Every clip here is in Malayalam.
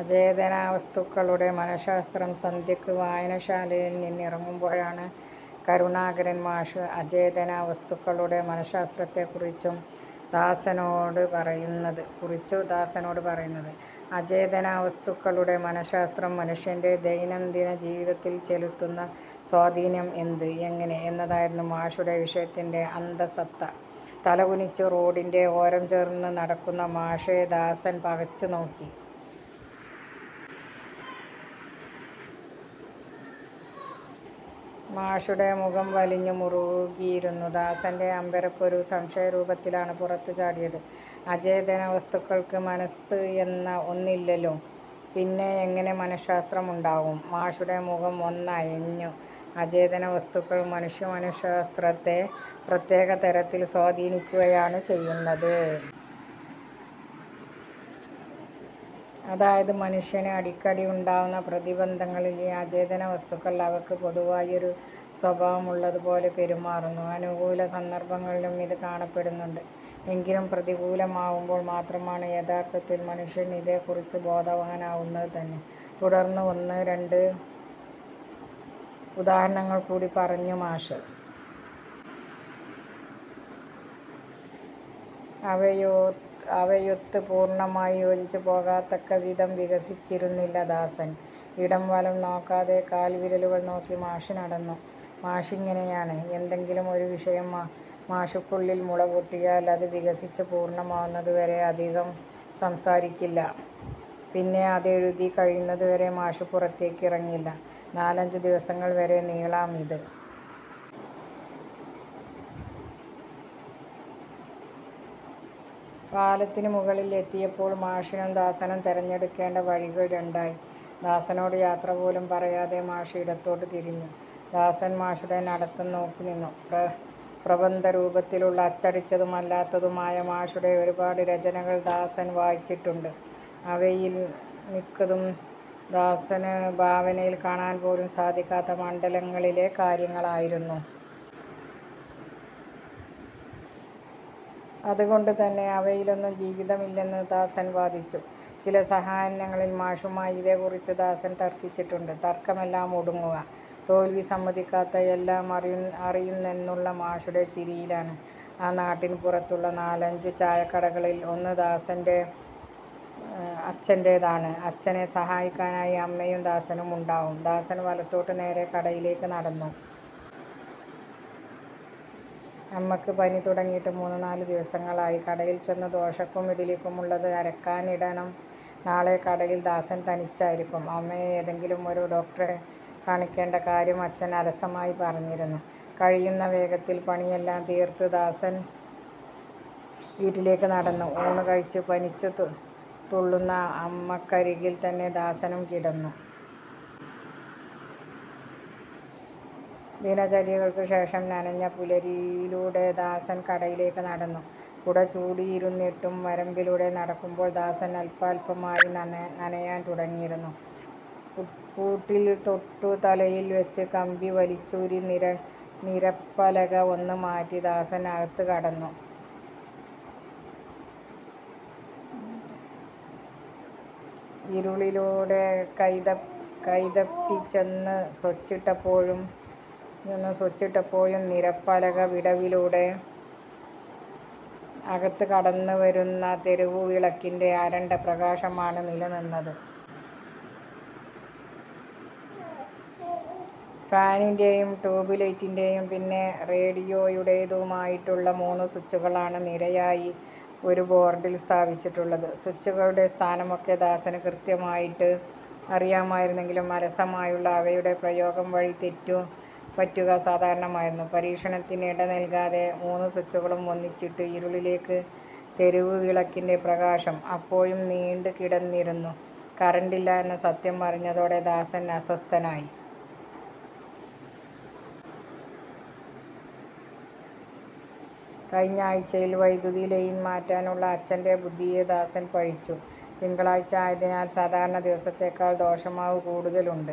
അചേതനവസ്തുക്കളുടെ മനശ്ശാസ്ത്രം സന്ധ്യയ്ക്ക് വായനശാലയിൽ നിന്നിറങ്ങുമ്പോഴാണ് കരുണാകരൻ മാഷ് അചേതനവസ്തുക്കളുടെ മനശ്ശാസ്ത്രത്തെക്കുറിച്ചു ദാസനോട് പറയുന്നത്. അചേതനവസ്തുക്കളുടെ മനശ്ശാസ്ത്രം മനുഷ്യന്റെ ദൈനം ദിന ജീവിതത്തിൽ ചെലുത്തുന്ന സ്വാധീനം എന്ത്, എങ്ങനെ എന്നതായിരുന്നു മാഷുടെ വിഷയത്തിന്റെ അന്തസത്ത. തലകുനിച്ചു റോഡിന്റെ ഓരം ചേർന്ന് നടക്കുന്ന മാഷെ ദാസൻ പകച്ചുനോക്കി. മാഷുടെ മുഖം വലിഞ്ഞു മുറുകിയിരുന്നു. ദാസന്റെ അമ്പരപ്പ് ഒരു സംശയരൂപത്തിലാണ് പുറത്തു ചാടിയത്. '' അചേതന വസ്തുക്കൾക്ക് മനസ്സ് എന്ന ഒന്നില്ലല്ലോ, പിന്നെ എങ്ങനെ മനശ്ശാസ്ത്രമുണ്ടാകും? '' മാഷുടെ മുഖം ഒന്നയഞ്ഞു. '' അചേതന വസ്തുക്കൾ മനുഷ്യ മനശ്ശാസ്ത്രത്തെ പ്രത്യേക തരത്തിൽ സ്വാധീനിക്കുകയാണ് ചെയ്യുന്നത്. അതായത് മനുഷ്യന് അടിക്കടി ഉണ്ടാകുന്ന പ്രതിബന്ധങ്ങളിൽ ഈ അചേതന വസ്തുക്കൾ അവയ്ക്ക് പൊതുവായി ഒരു സ്വഭാവമുള്ളതുപോലെ പെരുമാറുന്നു. അനുകൂല സന്ദർഭങ്ങളിലും ഇത് കാണപ്പെടുന്നുണ്ട്. എങ്കിലും പ്രതികൂലമാകുമ്പോൾ മാത്രമാണ് യഥാർത്ഥത്തിൽ മനുഷ്യൻ ഇതേക്കുറിച്ചു ബോധവാനാകുന്നത് തന്നെ '' തുടർന്ന് ഒന്ന് രണ്ട് ഉദാഹരണങ്ങൾ കൂടി പറഞ്ഞു മാഷ്. അവയൊത്ത് പൂർണമായി യോജിച്ചു പോകത്തക്കവിധം വികസിച്ചിരുന്നില്ല ദാസൻ. ഇടം വലം നോക്കാതെ കാൽവിരലുകൾ നോക്കി മാഷ് നടന്നു. മാഷിങ്ങനെയാണ്. ഏന്തെങ്കിലും ഒരു വിഷയം മാഷുക്കുള്ളിൽ മുളപൊട്ടിയാൽ അതുവികസിച്ചു പൂർണ്ണമാകുന്നതുവരെ അധികം സംസാരിക്കില്ല. പിന്നെ അതെഴുതി കഴിയുന്നതുവരെ മാഷ് പുറത്തേക്കിറങ്ങില്ല. നാലഞ്ചു ദിവസങ്ങൾ വരെ നീളാം ഇത്. പാലത്തിനുമുകളിൽ എത്തിയപ്പോൾ മാഷിനും ദാസനും തെരഞ്ഞെടുക്കേണ്ട വഴികൾ രണ്ടായി. ദാസനോട് യാത്രപോലും പറയാതെ മാഷ് ഇടത്തോട്ടു തിരിഞ്ഞു. ദാസൻ മാഷുടെ നടത്തം നോക്കി നിന്നു. പ്രബന്ധരൂപത്തിലുള്ള അച്ചടിച്ചതും അല്ലാത്തതുമായ മാഷുടെ ഒരുപാട് രചനകൾ ദാസൻ വായിച്ചിട്ടുണ്ട്. അവയിൽ മിക്കതും ദാസന് ഭാവനയിൽ കാണാൻ പോലും സാധിക്കാത്ത മണ്ഡലങ്ങളിലെ കാര്യങ്ങളായിരുന്നു. അതുകൊണ്ടുതന്നെ അവയിലൊന്നും ജീവിതമില്ലെന്ന് ദാസൻ വാദിച്ചു. ചില സായാഹ്നങ്ങളിൽ മാഷുമായി ഇതേക്കുറിച്ചു ദാസൻ തർക്കിച്ചിട്ടുണ്ട്. തർക്കമെല്ലാം ഒടുങ്ങുക തോൽവിസമ്മതിക്കാത്ത എല്ലാം അറിയുന്നെന്നുള്ള മാഷുടെ ചിരിയിലാണ്. ആ നാട്ടിൻപുറത്തുള്ള നാലഞ്ചു ചായക്കടകളിൽ ഒന്ന് ദാസന്റെ അച്ഛന്റേതാണ്. അച്ഛനെ സഹായിക്കാനായി അമ്മയും ദാസനുമു ണ്ടാകും. ദാസൻ വലത്തോട്ട് നേരെ കടയിലേക്ക് നടന്നു. അമ്മയ്ക്ക് പനി തുടങ്ങിയിട്ട് മൂന്നു നാലു ദിവസങ്ങളായി. കടയിൽ ചെന്ന് ദോശക്കും ഇഡ്ഡലിക്കുമുള്ളത് അരയ്ക്കാനിടണം. നാളെ കടയിൽ ദാസൻ തനിച്ചായിരിക്കും. അമ്മയെ ഏതെങ്കിലും ഒരു ഡോക്ടറെ കാണിക്കേണ്ടകാര്യം അച്ഛൻ അലസമായി പറഞ്ഞിരുന്നു. കഴിയുന്ന വേഗത്തിൽ പണിയെല്ലാം തീർത്ത് ദാസൻ വീട്ടിലേക്കു നടന്നു. ഊണുകഴിച്ചു പനിച്ചുതുള്ളുന്ന അമ്മക്കരികിൽ തന്നെ ദാസനും കിടന്നു. ദിനചര്യകൾക്കുശേഷം നനഞ്ഞ പുലരിയിലൂടെ ദാസൻ കടയിലേക്ക് നടന്നു. കുടചൂടിയിരുന്നിട്ടും വരമ്പിലൂടെ നടക്കുമ്പോൾ ദാസൻ അൽപാൽപമായി നനയാൻ തുടങ്ങിയിരുന്നു. പൂട്ടിൽ തൊട്ടുതലയിൽ വെച്ച് കമ്പി വലിച്ചൂരി നിരപ്പലക ഒന്ന് മാറ്റി ദാസൻ അകത്തുകടന്നു. ഇരുളിലൂടെ കൈതപ്പിചെന്ന് സ്വിച്ചിട്ടപ്പോഴും നിരപ്പലക വിടവിലൂടെ അകത്തുകടന്നുവരുന്ന തെരുവുവിളക്കിന്റെ അരണ്ട പ്രകാശമാണ് നിലനിന്നത്. ഫാനിന്റേയും ട്യൂബ് ലൈറ്റിന്റെയും പിന്നെ റേഡിയോയുടേതുമായിട്ടുള്ള മൂന്നു സ്വിച്ചുകളാണ് നിരയായി ഒരു ബോർഡിൽ സ്ഥാപിച്ചിട്ടുള്ളത്. സ്വിച്ചുകളുടെ സ്ഥാനമൊക്കെ ദാസന് കൃത്യമായിട്ട് അറിയുമായിരുന്നെങ്കിലും അലസമായുള്ള അവയുടെ പ്രയോഗംവഴി തെറ്റുപറ്റുക സാധാരണമായിരുന്നു. പരീക്ഷണത്തിനിടനൽകാതെ മൂന്നു സ്വിച്ചുകളും ഒന്നിച്ചിട്ടു. ഇരുളിലേക്ക് തെരുവ് വിളക്കിന്റെ പ്രകാശം അപ്പോഴും നീണ്ടുകിടന്നിരുന്നു. കറണ്ടില്ല എന്ന സത്യം അറിഞ്ഞതോടെ ദാസൻ അസ്വസ്ഥനായി. കഴിഞ്ഞ ആഴ്ചയിൽ വൈദ്യുതി ലൈൻ മാറ്റാനുള്ള അച്ഛന്റെ ബുദ്ധിയെ ദാസൻ പഴിച്ചു. തിങ്കളാഴ്ച ആയതിനാൽ സാധാരണ ദിവസത്തേക്കാൾ ദോശമാവ് കൂടുതൽ ഉണ്ട്.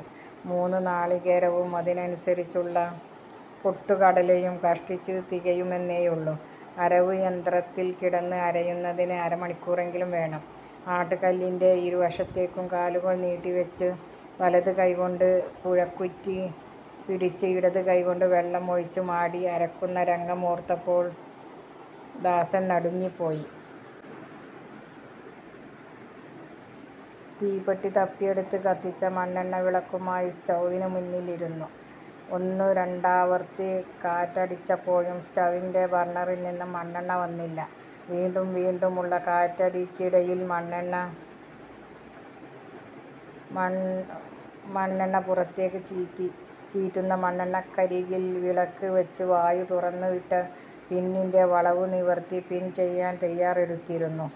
മൂന്നു നാളികേരവും അതിനനുസരിച്ചുള്ള പൊട്ടുകടലയും കഷ്ടിച്ച് തികയുമെന്നേയുള്ളു. അരവ് യന്ത്രത്തിൽ കിടന്ന് അരയുന്നതിന് അരമണിക്കൂറെങ്കിലും വേണം. ആട്ടുക്കല്ലിന്റെ ഇരു വശത്തേക്കും കാലുകൾ നീട്ടിവെച്ചു വലതു കൈക്കൊണ്ട് കുഴക്കുറ്റി പിടിച്ചു ഇടതു കൈക്കൊണ്ട് വെള്ളം ഒഴിച്ച് മാടി അരക്കുന്ന രംഗമോർത്തപ്പോൾ ദാസൻ നടുങ്ങിപ്പോയി. തീപ്പെട്ടി തപ്പിയെടുത്ത് കത്തിച്ച മണ്ണെണ്ണ വിളക്കുമായി സ്റ്റൗവിനു മുന്നിൽ ഇരുന്നു. ഒന്നുരണ്ടാവർത്തി കാറ്റടിച്ചപ്പോഴും സ്റ്റൗവിന്റെ ബർണറിൽ നിന്ന് മണ്ണെണ്ണ വന്നില്ല. വീണ്ടും വീണ്ടുമുള്ള കാറ്റടിക്കിടയിൽ മണ്ണെണ്ണ പുറത്തേക്ക് ചീറ്റി. ചീറ്റുന്ന മണ്ണെണ്ണക്കരികിൽ വിളക്ക് വെച്ച് വായു തുറന്നുവിട്ട പിന്നിന്റെ വളവുനിവർത്തി പിൻ ചെയ്യാൻ തയാറെടുത്തിരുന്നു.